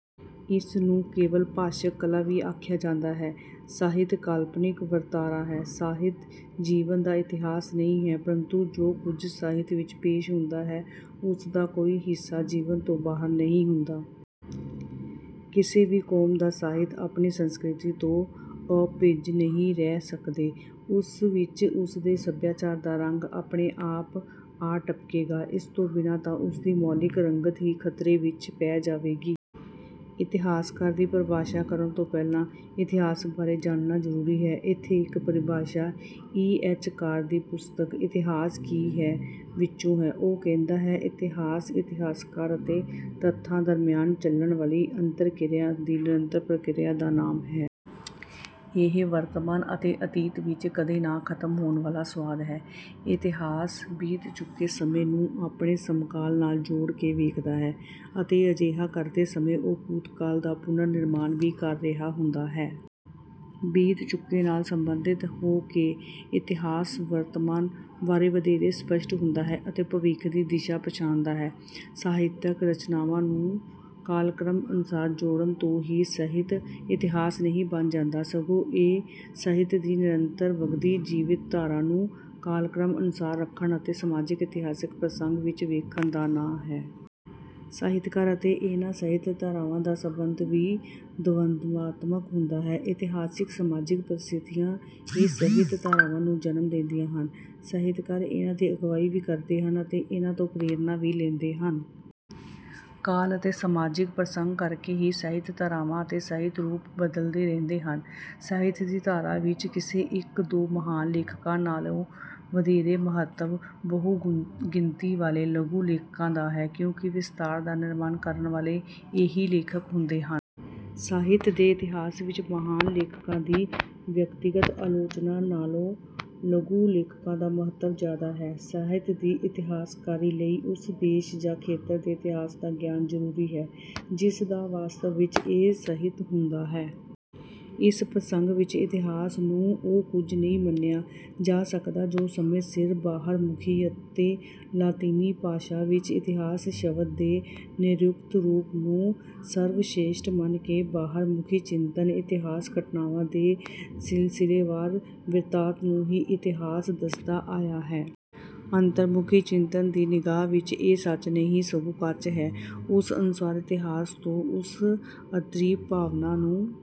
ਇਸ ਨੂੰ ਕੇਵਲ ਭਾਸ਼ਕ ਕਲਾ ਵੀ ਆਖਿਆ ਜਾਂਦਾ ਹੈ। ਸਾਹਿਤ ਕਾਲਪਨਿਕ ਵਰਤਾਰਾ ਹੈ, ਸਾਹਿਤ ਜੀਵਨ ਦਾ ਇਤਿਹਾਸ ਨਹੀਂ ਹੈ, ਪ੍ਰੰਤੂ ਜੋ ਕੁਝ ਸਾਹਿਤ ਵਿੱਚ ਪੇਸ਼ ਹੁੰਦਾ ਹੈ ਉਸ ਦਾ ਕੋਈ ਹਿੱਸਾ ਜੀਵਨ ਤੋਂ ਬਾਹਰ ਨਹੀਂ ਹੁੰਦਾ। ਕਿਸੇ ਵੀ ਕੌਮ ਦਾ ਸਾਹਿਤ ਆਪਣੀ ਸੰਸਕ੍ਰਿਤੀ ਤੋਂ ਅਭਿੱਜ ਨਹੀਂ ਰਹਿ ਸਕਦਾ, ਉਸ ਵਿੱਚ ਉਸਦੇ ਸੱਭਿਆਚਾਰ ਦਾ ਰੰਗ ਆਪਣੇ ਆਪ ਆ ਟਪਕੇਗਾ। ਇਸ ਤੋਂ ਬਿਨਾਂ ਤਾਂ ਉਸਦੀ ਮੌਲਿਕ ਰੰਗਤ ਹੀ ਖਤਰੇ ਵਿੱਚ ਪੈ ਜਾਵੇਗੀ। ਇਤਿਹਾਸਕਾਰੀ ਦੀ ਪਰਿਭਾਸ਼ਾ ਕਰਨ ਤੋਂ ਪਹਿਲਾਂ ਇਤਿਹਾਸ ਬਾਰੇ ਜਾਣਨਾ ਜ਼ਰੂਰੀ ਹੈ। ਇੱਥੇ ਇੱਕ ਪਰਿਭਾਸ਼ਾ ਈ. ਐੱਚ. ਕਾਰ ਦੀ ਪੁਸਤਕ 'ਇਤਿਹਾਸ ਕੀ ਹੈ' ਵਿੱਚੋਂ ਹੈ, ਉਹ ਕਹਿੰਦਾ ਹੈ, "ਇਤਿਹਾਸ ਇਤਿਹਾਸਕਾਰ ਅਤੇ ਤੱਥਾਂ ਦਰਮਿਆਨ ਚੱਲਣ ਵਾਲੀ ਅੰਤਰ-ਕਿਰਿਆ ਦੀ ਨਿਰੰਤਰ ਪ੍ਰਕਿਰਿਆ ਦਾ ਨਾਮ ਹੈ। ਇਹ ਵਰਤਮਾਨ ਅਤੇ ਅਤੀਤ ਵਿੱਚ ਕਦੇ ਨਾ ਖਤਮ ਹੋਣ ਵਾਲਾ ਸੰਵਾਦ ਹੈ।" ਇਤਿਹਾਸ ਬੀਤ ਚੁੱਕੇ ਸਮੇਂ ਨੂੰ ਆਪਣੇ ਸਮਕਾਲ ਨਾਲ ਜੋੜ ਕੇ ਵੇਖਦਾ ਹੈ ਅਤੇ ਅਜਿਹਾ ਕਰਦੇ ਸਮੇਂ ਉਹ ਭੂਤਕਾਲ ਦਾ ਪੁਨਰ-ਨਿਰਮਾਣ ਵੀ ਕਰ ਰਿਹਾ ਹੁੰਦਾ ਹੈ। ਬੀਤ ਚੁੱਕੇ ਨਾਲ ਸਬੰਧਤ ਹੋ ਕੇ ਇਤਿਹਾਸ ਵਰਤਮਾਨ ਬਾਰੇ ਵਧੇਰੇ ਸਪਸ਼ਟ ਹੁੰਦਾ ਹੈ ਅਤੇ ਭਵਿੱਖ ਦੀ ਦਿਸ਼ਾ ਪਛਾਣਦਾ ਹੈ। ਸਾਹਿਤਕ ਰਚਨਾਵਾਂ ਨੂੰ ਕਾਲਕ੍ਰਮ ਅਨੁਸਾਰ ਜੋੜਨ ਤੋਂ ਹੀ ਸਾਹਿਤ ਇਤਿਹਾਸ ਨਹੀਂ ਬਣ ਜਾਂਦਾ, ਸਗੋਂ ਇਹ ਸਾਹਿਤ ਦੀ ਨਿਰੰਤਰ ਵਗਦੀ ਜੀਵੰਤ ਧਾਰਾ ਨੂੰ ਕਾਲਕ੍ਰਮ ਅਨੁਸਾਰ ਰੱਖਣ ਅਤੇ ਸਮਾਜਿਕ-ਇਤਿਹਾਸਕ ਪ੍ਰਸੰਗ ਵਿੱਚ ਵੇਖਣ ਦਾ ਨਾਂ ਹੈ। ਸਾਹਿਤਕਾਰ ਅਤੇ ਇਹਨਾਂ ਸਾਹਿਤ ਧਾਰਾਵਾਂ ਦਾ ਸਬੰਧ ਵੀ ਦੁਵੰਦਾਤਮਕ ਹੁੰਦਾ ਹੈ। ਇਤਿਹਾਸਕ-ਸਮਾਜਿਕ ਪ੍ਰਸਥਿਤੀਆਂ ਹੀ ਸਾਹਿਤ ਧਾਰਾਵਾਂ ਨੂੰ ਜਨਮ ਦਿੰਦੀਆਂ ਹਨ। ਸਾਹਿਤਕਾਰ ਇਨ੍ਹਾਂ ਦੀ ਅਗਵਾਈ ਵੀ ਕਰਦੇ ਹਨ, ਅਤੇ ਇਨ੍ਹਾਂ ਤੋਂ ਪ੍ਰੇਰਨਾ ਵੀ ਲੈਂਦੇ ਹਨ। ਕਾਲ ਅਤੇ ਸਮਾਜਿਕ ਪ੍ਰਸੰਗ ਕਰਕੇ ਹੀ ਸਾਹਿਤ ਧਾਰਾਵਾਂ ਅਤੇ ਸਾਹਿਤ ਰੂਪ ਬਦਲਦੇ ਰਹਿੰਦੇ ਹਨ। ਸਾਹਿਤ ਦੀ ਧਾਰਾ ਵਿੱਚ ਕਿਸੇ ਇੱਕ-ਦੋ ਮਹਾਨ ਲੇਖਕਾਂ ਨਾਲੋਂ ਵਧੇਰੇ ਮਹੱਤਵ ਬਹੁ-ਗਿਣਤੀ ਵਾਲੇ ਲਘੂ ਲੇਖਕਾਂ ਦਾ ਹੈ, ਕਿਉਂਕਿ ਵਿਸਤਾਰ ਦਾ ਨਿਰਮਾਣ ਕਰਨ ਵਾਲੇ ਇਹੀ ਲੇਖਕ ਹੁੰਦੇ ਹਨ। ਸਾਹਿਤ ਦੇ ਇਤਿਹਾਸ ਵਿੱਚ ਮਹਾਨ ਲੇਖਕਾਂ ਦੀ ਵਿਅਕਤੀਗਤ ਆਲੋਚਨਾ ਨਾਲੋਂ ਲਘੂ ਲੇਖਕਾਂ ਦਾ ਮਹੱਤਵ ਜ਼ਿਆਦਾ ਹੈ। ਸਾਹਿਤ ਦੀ ਇਤਿਹਾਸਕਾਰੀ ਲਈ ਉਸ ਦੇਸ਼ ਜਾਂ ਖੇਤਰ ਦੇ ਇਤਿਹਾਸ ਦਾ ਗਿਆਨ ਜ਼ਰੂਰੀ ਹੈ ਜਿਸ ਦਾ ਵਾਸਤਵ ਵਿੱਚ ਇਹ ਸਾਹਿਤ ਹੁੰਦਾ ਹੈ। ਇਸ ਪ੍ਰਸੰਗ ਵਿੱਚ ਇਤਿਹਾਸ ਨੂੰ ਉਹ ਕੁਝ ਨਹੀਂ ਮੰਨਿਆ ਜਾ ਸਕਦਾ ਜੋ ਸਮੇਂ ਸਿਰ ਬਾਹਰਮੁਖੀ ਅਤੇ ਲਾਤੀਨੀ ਭਾਸ਼ਾ ਵਿੱਚ ਇਤਿਹਾਸ ਸ਼ਬਦ ਦੇ ਨਿਰੁਕਤ ਰੂਪ ਨੂੰ ਸਰਵਸ੍ਰੇਸ਼ਟ ਮੰਨ ਕੇ ਬਾਹਰਮੁਖੀ ਚਿੰਤਨ, ਇਤਿਹਾਸ ਘਟਨਾਵਾਂ ਦੇ ਸਿਲਸਿਲੇਵਾਰ ਬਿਰਤਾਂਤ ਨੂੰ ਹੀ ਇਤਿਹਾਸ ਦੱਸਦਾ ਆਇਆ ਹੈ। ਅੰਤਰਮੁਖੀ ਚਿੰਤਨ ਦੀ ਨਿਗਾਹ ਵਿੱਚ ਇਹ ਸੱਚ ਨਹੀਂ ਸਗੋਂ ਕੱਚ ਹੈ। ਉਸ ਅਨੁਸਾਰ ਇਤਿਹਾਸ ਤਾਂ ਉਸ ਅੰਤਰੀਵ ਭਾਵਨਾ ਨੂੰ